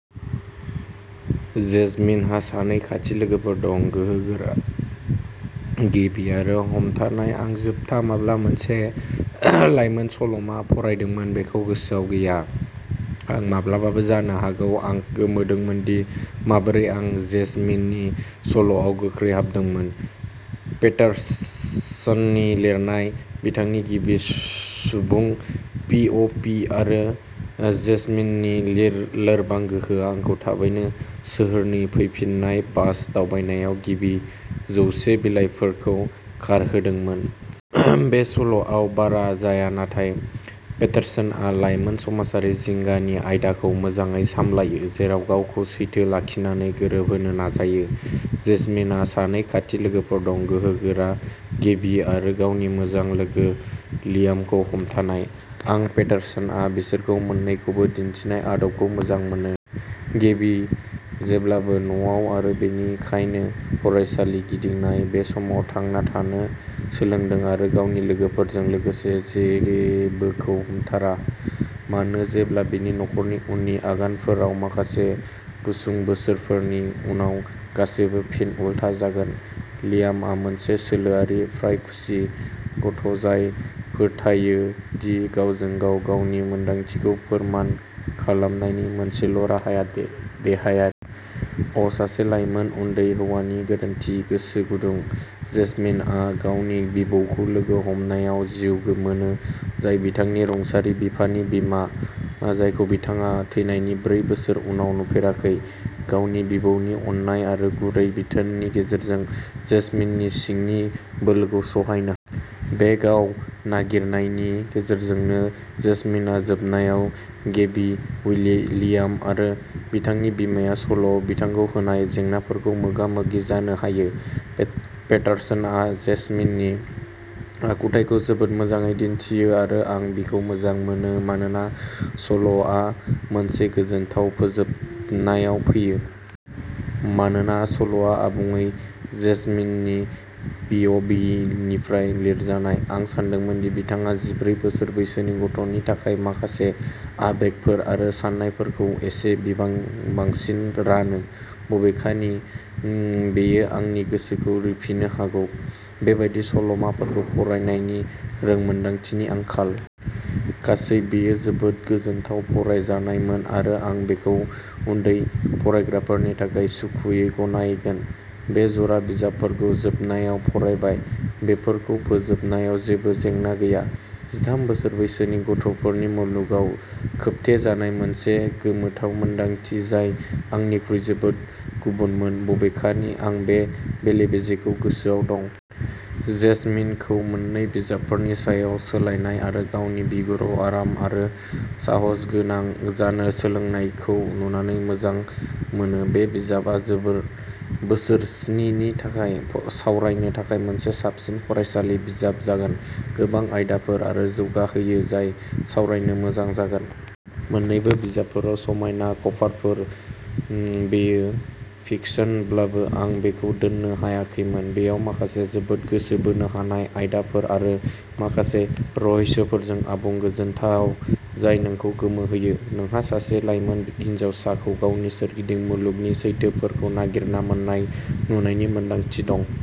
जेजमिनहा सानै खाथि लोगोफोर दं, गोहोगोरा गेबी आरो हमथानाय आं जोबथा माब्ला मोनसे लाइमोन सल'मा फरायदोंमोन बेखौ गोसोआव गैया। आं माब्लाबाबो जानो हागौ। आं गोमोदोंमोनदि माबोरै आं जेजमिननि सल'आव गोख्रै हाबदोंमोन। पेटर्सननि लिरनाय, बिथांनि गिबि सुबुं पि अ भि आरो जेजमिननि लोरबां गोहोआ आंखौ थाबैनो सोहोरनि फैफिन्नाय बास दावबायनायाव गिबि जौसे बिलाइफोरखौ खारहोदोंमोन। बे सल'आव बारा जाया नाथाय पेटर्सनआ लाइमोन समाजारि जिंगानि आयदाखौ मोजाङै सामलायो, जेराव गावखौ सैथो लाखिनानै गोरोबहोनो नाजायो। जेजमिनहा सानै खाथि लोगोफोर दं, गोहोगोरा गेबी आरो गावनि मोजां लोगो लियामखौ हमथानाय। आं पेटर्सनआ बिसोरखौ मोन्नैखौबो दिन्थिनाय आदबखौ मोजां मोनो। गेबी, जेब्लाबो न'आव आरो बेनिखायनो फरायसालि गिदिंनाय, बे समाव थांना थानो सोलोंदों आरो गावनि लोगोफोरजों लोगोसे जेबोखौ हमथारा। मानो जेब्ला बिनि नखरनि उननि आगानफोराव माखासे गुसुं बोसोरफोरनि उनाव गासैबो फिन उलथा जागोन। लियामआ मोनसे सोलोआरि, फ्राय खुसि गथ'जाय फोथायो दि गावजों गाव गावनि मोनदांथिखौ फोरमान खालामनायनि मोनसेल' राहाया देहायारि। अ सासे लाइमोन उन्दै हौवानि गोरोन्थि गोसो गुदुं। जेजमिनआ गावनि बिबौखौ लोगो हमनायाव जिउ मोनो, जाय बिथांनि रुंसारि बिफानि बिमा, जायखौ बिथाङा थैनायनि ब्रै बोसोर उनाव नुफेराखै। गावनि बिबौनि अननाय आरो गुरै बिथोननि गेजेरजों, जेजमिननि सिंनि बोलोखौ सहायनो हायो। बे गाव-नागिरनायनि गेजेरजोंनो, जेजमिनआ जोबनायाव गेबी, लियाम आरो बिथांनि बिमाया सल'आव बिथांखौ होनाय जेंनाफोरखौ मोगा-मोगि जानो हायो। पेटारसनआ जेजमिननि आखुथाइखौ जोबोद मोजाङै दिन्थियो आरो आं बिखौ मोजां मोनो मानोना सल'माआ मोनसे गोजोनथाव फोजोबनायाव फैयो। मानोना सल'आ आबुङै जेजमिननि पि अ भि निफ्राय लिरजानाय, आं सानदोंमोन दि बिथाङा जिब्रै बोसोर बैसोनि गथ'नि थाखाय माखासे आबेगफोर आरो साननायफोरखौ एसे बांसिन रानो। बबेखानि, बेयो आंनि गोसोखौ रिफिनो हागौ। बेबादि सल'माफोरखौ फरायनायनि रोंमोनदांथिनि आंखाल। गासै, बेयो जोबोद गोजोनथाव फरायजानायमोन आरो आं बेखौ उन्दै फरायग्राफोरनि थाखाय सुखुयै गनायगोन। बे जरा बिजाबफोरखौ जोबनायाव फरायबाय। बेफोरखौ फोजोबनायाव जेबो जेंना गैया। जिथाम बोसोर बैसोनि गथ'फोरनि मुलुगाव खोबथेजानाय मोनसे गोमोथाव मोनदांथि जाय आंनिख्रुइ जोबोद गुबुनमोन-बबेखानि आं बे बेले-बेजेखौ गोसोआव दं। जेजमिनखौ मोन्नै बिजाबफोरनि सायाव सोलायनाय आरो गावनि बिगुराव आराम आरो साहसगोनां जानो सोलोंनायखौ नुनानै मोजां मोनो। बे बिजाबआ बोसोर स्नि नि थाखाय सावरायनो थाखाय मोनसे साबसिन फरायसालि बिजाब जागोन। गोबां आयदाफोर जौगाहोयो जाय सावरायनो मोजां जागोन। मोन्नैबो बिजाबफोराव समायना कभारफोर। बेयो फिकशनब्लाबो आं बेखौ दोननो हायाखैमोन। बेयाव माखासे जोबोद गोसो बोनो हानाय आयदाफोर आरो माखासे रहस्यफोरजों आबुं गोजोनथाव जाय नोंखौ गोमोहोयो। नोंहा सासे लाइमोन हिनजावसाखौ गावनि सोरगिदिं मुलुगनि सैथोफोरखौ नागिरना मोन्नाय नुनायनि मोनदांथि दं।